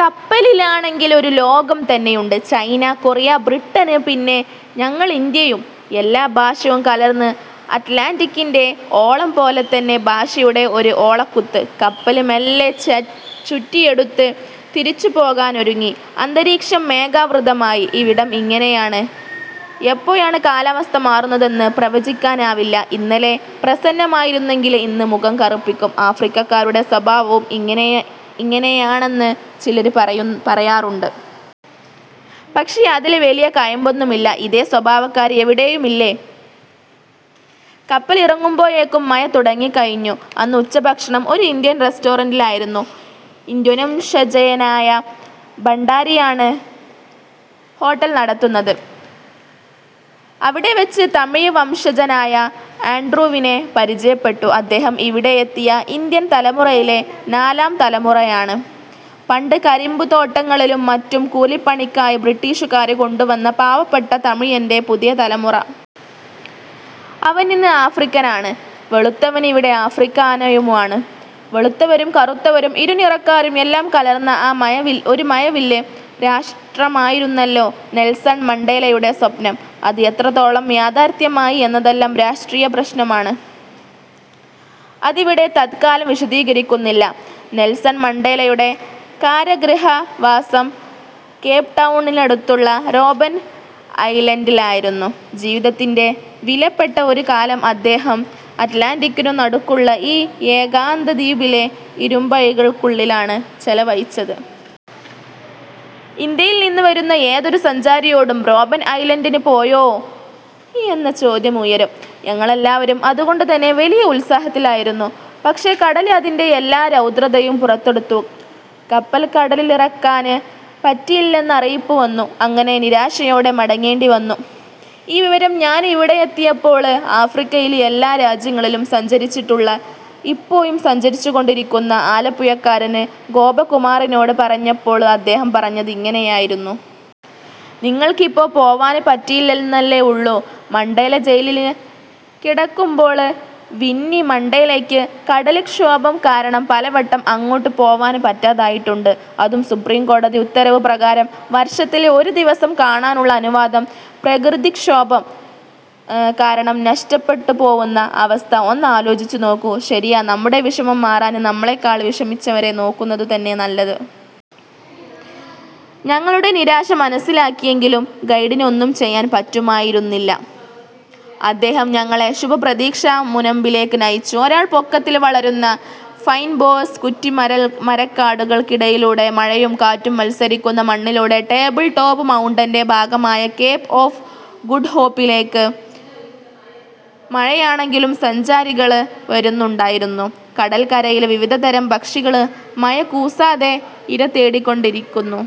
കപ്പലിലാണെങ്കില് ഒരു ലോകം തന്നെയുണ്ട്. ചൈന, കൊറിയ, ബ്രിട്ടന്, പിന്നെ ഞങ്ങളിന്ത്യയും, എല്ലാ ഭാഷയും കലര്ന്ന് അറ്റ്ലാന്റിക്കിന്റെ ഓളംപോലെതന്നെ ഭാഷയുടെ ഒരു ഓളക്കുത്ത്. കപ്പല് മെല്ലെ ചുറ്റിയെടുത്ത് തിരിച്ചുപോകാനൊരുങ്ങി. അന്തരീക്ഷം മേഘാവൃതമായി. ഇവിടം ഇങ്ങനെയാണ് എപ്പോഴാണ് കാലാവസ്ഥ മാറുന്നതെന്ന് പ്രവചിക്കാനാവില്ല. ഇന്നലെ പ്രസന്നമായിരുന്നെങ്കില് ഇന്ന് മുഖം കറുപ്പിക്കും. ആഫ്രിക്കക്കാരുടെ സ്വഭാവവും ഇങ്ങനെയാണെന്ന് ചിലര് പറയാറുണ്ട്. പക്ഷേ, അതില് വലിയ കഴമ്പൊന്നുമില്ല. ഇതേ സ്വഭാവക്കാര് എവിടെയുമില്ലേ. കപ്പലിറങ്ങുമ്പോഴേക്കും മഴ തുടങ്ങിക്കഴിഞ്ഞു. അന്ന് ഉച്ചഭക്ഷണം ഒരു ഇന്ത്യന് റെസ്റ്റോറന്റിലായിരുന്നു. ഇന്ത്യന്വംശജനായ ഭണ്ഡാരിയാണ് ഹോട്ടല് നടത്തുന്നത്. അവിടെവെച്ച് തമിഴ് വംശജനായ ആന്ഡ്രൂവിനെ പരിചയപ്പെട്ടു. അദ്ദേഹം ഇവിടെയെത്തിയ ഇന്ത്യന് തലമുറയിലെ നാലാംതലമുറയാണ്. പണ്ട് കരിമ്പുതോട്ടങ്ങളിലും മറ്റും കൂലിപ്പണിക്കായി ബ്രിട്ടീഷുകാര് കൊണ്ടുവന്ന പാവപ്പെട്ട തമിഴന്റെ പുതിയതലമുറ. അവനിന്ന് ആഫ്രിക്കന് ആണ്. വെളുത്തവന് ഇവിടെ ആഫ്രിക്കാനയുമാണ്. വെളുത്തവരും കറുത്തവരും ഇരുനിറക്കാരും എല്ലാം കലര്ന്ന ഒരു മഴവില് രാഷ്ട്രമായിരുന്നല്ലോ നെല്സണ് മണ്ടേലയുടെ സ്വപ്നം. അത് എത്രത്തോളം യാഥാര്ഥ്യമായി എന്നതെല്ലാം രാഷ്ട്രീയ പ്രശ്നമാണ്. അതിവിടെ തത്കാലം വിശദീകരിക്കുന്നില്ല. നെല്സണ് മണ്ടേലയുടെ കാരാഗൃഹവാസം കേപ്ടൗണിനടുത്തുള്ള റോബന് ഐലന്ഡിലായിരുന്നു. ജീവിതത്തിന്റെ വിലപ്പെട്ട ഒരു കാലം അദ്ദേഹം അറ്റ്ലാന്റിക്കിനു നടുക്കുള്ള ഈ ഏകാന്തദ്വീപിലെ ഇരുമ്പഴികള്ക്കുള്ളിലാണ് ചെലവഴിച്ചത്. ഇന്ത്യയില്നിന്നു വരുന്ന ഏതൊരു സഞ്ചാരിയോടും റോബന് ഐലന്ഡില് പോയോ എന്ന ചോദ്യം ഉയരും. ഞങ്ങളെല്ലാവരും അതുകൊണ്ടുതന്നെ വലിയ ഉത്സാഹത്തിലായിരുന്നു. പക്ഷേ, കടല് അതിന്റെ എല്ലാ രൗദ്രതയും പുറത്തെടുത്തു. കപ്പല് കടലിലിറക്കാന് പറ്റില്ലെന്നറിയിപ്പു വന്നു. അങ്ങനെ നിരാശയോടെ മടങ്ങേണ്ടിവന്നു. ഈ വിവരം ഞാന് ഇവിടെയെത്തിയപ്പോള് ആഫ്രിക്കയില് എല്ലാ രാജ്യങ്ങളിലും സഞ്ചരിച്ചിട്ടുള്ള ഇപ്പോഴും സഞ്ചരിച്ചുകൊണ്ടിരിക്കുന്ന ആലപ്പുഴക്കാരന് ഗോപകുമാറിനോട് പറഞ്ഞപ്പോള് അദ്ദേഹം പറഞ്ഞത് ഇങ്ങനെയായിരുന്നു. ''നിങ്ങള്ക്കിപ്പോ പോവാന് പറ്റിയില്ലെന്നല്ലേ ഉള്ളൂ. മണ്ടേല ജയിലില് കിടക്കുമ്പോള് വിന്നി മണ്ടേലയ്ക്ക് കടല്ക്ഷോഭം കാരണം പലവട്ടം അങ്ങോട്ട് പോവാന് പറ്റാതായിട്ടുണ്ട്. അതും സുപ്രീംകോടതി ഉത്തരവ് പ്രകാരം വര്ഷത്തില് ഒരു ദിവസം കാണാനുള്ള അനുവാദം പ്രകൃതിക്ഷോഭം കാരണം നഷ്ടപ്പെട്ടുപോവുന്ന അവസ്ഥ ഒന്നാലോചിച്ചുനോക്കൂ. ' ശരിയാ നമ്മുടെ വിഷമം മാറാന് നമ്മളെക്കാള് വിഷമിച്ചവരെ നോക്കുന്നതുതന്നെ നല്ലത്. ഞങ്ങളുടെ നിരാശ മനസ്സിലാക്കിയെങ്കിലും ഗൈഡിന് ഒന്നും ചെയ്യാന് പറ്റുമായിരുന്നില്ല. അദ്ദേഹം ഞങ്ങളെ ശുഭപ്രതീക്ഷാ മുനമ്പിലേക്ക് നയിച്ചു. ഒരാള്പൊക്കത്തില് വളരുന്ന ഫൈന്ബോസ് കുറ്റിമരക്കാടുകള്ക്കിടയിലൂടെ മഴയും കാറ്റും മത്സരിക്കുന്ന മണ്ണിലൂടെ ടേബിള്ടോപ് മൗണ്ടന്റെ ഭാഗമായ കേപ് ഓഫ് ഗുഡ്ഹോപ്പിലേക്ക്. മഴയാണെങ്കിലും സഞ്ചാരികള് വരുന്നുണ്ടായിരുന്നു. കടല്ക്കരയില് വിവിധതരം പക്ഷികള് മഴ കൂസാതെ ഇരതേടിക്കൊണ്ടിരിക്കുന്നു.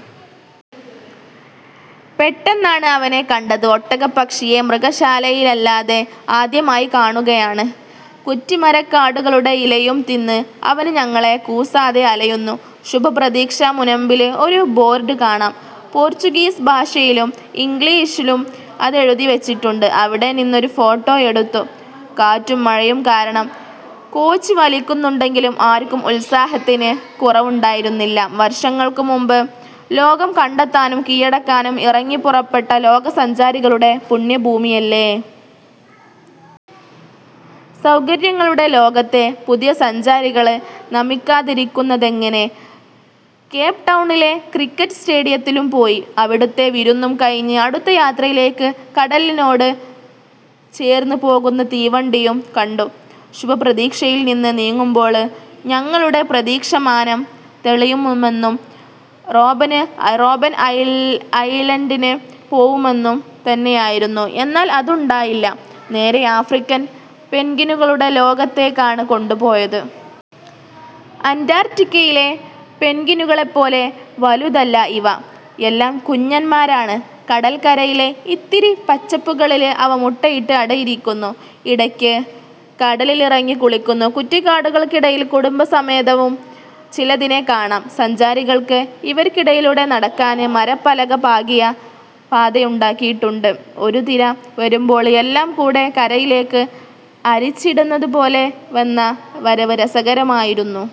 പെട്ടെന്നാണ് അവനെ കണ്ടത്, ഒട്ടകപ്പക്ഷിയെ. മൃഗശാലയിലല്ലാതെ ആദ്യമായി കാണുകയാണ്. കുറ്റിമരക്കാടുകളുടെ ഇലയും തിന്ന് അവന് ഞങ്ങളെ കൂസാതെ അലയുന്നു. ശുഭപ്രതീക്ഷാ മുനമ്പില് ഒരു ബോര്ഡ് കാണാം. പോര്ച്ചുഗീസ് ഭാഷയിലും ഇംഗ്ലീഷിലും അതെഴുതിവെച്ചിട്ടുണ്ട്. അവിടെനിന്നൊരു ഫോട്ടോ എടുത്തു. കാറ്റും മഴയും കാരണം കോച്ചിവലിക്കുന്നുണ്ടെങ്കിലും ആര്ക്കും ഉത്സാഹത്തിന് കുറവുണ്ടായിരുന്നില്ല. വര്ഷങ്ങള്ക്കുമുന്പ് ലോകം കണ്ടെത്താനും കീഴടക്കാനും ഇറങ്ങിപ്പുറപ്പെട്ട ലോകസഞ്ചാരികളുടെ പുണ്യഭൂമിയല്ലേ. സൗകര്യങ്ങളുടെ ലോകത്തെ പുതിയ സഞ്ചാരികള് നമിക്കാതിരിക്കുന്നതെങ്ങനെ. കേപ്ടൗണിലെ ക്രിക്കറ്റ് സ്റ്റേഡിയത്തിലും പോയി. അവിടുത്തെ വിരുന്നും കഴിഞ്ഞ് അടുത്ത യാത്രയിലേക്ക്. കടലിനോട് ചേര്ന്ന് പോകുന്ന തീവണ്ടിയും കണ്ടു. ശുഭപ്രതീക്ഷയില്നിന്ന് നീങ്ങുമ്പോള് ഞങ്ങളുടെ പ്രതീക്ഷ മാനം തെളിയുമെന്നും റോബന് ഐലന്ഡില് പോവുമെന്നും തന്നെയായിരുന്നു. എന്നാല് അതുണ്ടായില്ല. നേരെ ആഫ്രിക്കന് പെന്ഗ്വിനുകളുടെ ലോകത്തേക്കാണ് കൊണ്ടുപോയത്. അന്റാര്ട്ടിക്കയിലെ പെന്ഗ്വിനുകളെപ്പോലെ വലുതല്ല ഇവ. എല്ലാം കുഞ്ഞന്മാരാണ്. കടല്ക്കരയിലെ ഇത്തിരി പച്ചപ്പുകളില് അവ മുട്ടയിട്ട് അടയിരിക്കുന്നു. ഇടയ്ക്ക് കടലിലിറങ്ങി കുളിക്കുന്നു. കുറ്റിക്കാടുകള്ക്കിടയില് കുടുംബസമേതവും ചിലതിനെ കാണാം. സഞ്ചാരികള്ക്ക് ഇവര്ക്കിടയിലൂടെ നടക്കാന് മരപ്പലക പാകിയ പാതയുണ്ടാക്കിയിട്ടുണ്ട്. ഒരു തിര വരുമ്പോള് എല്ലാം കൂടെ കരയിലേക്ക് അടിച്ചിടുന്നതുപോലെ വന്ന വരവ് രസകരമായിരുന്നു.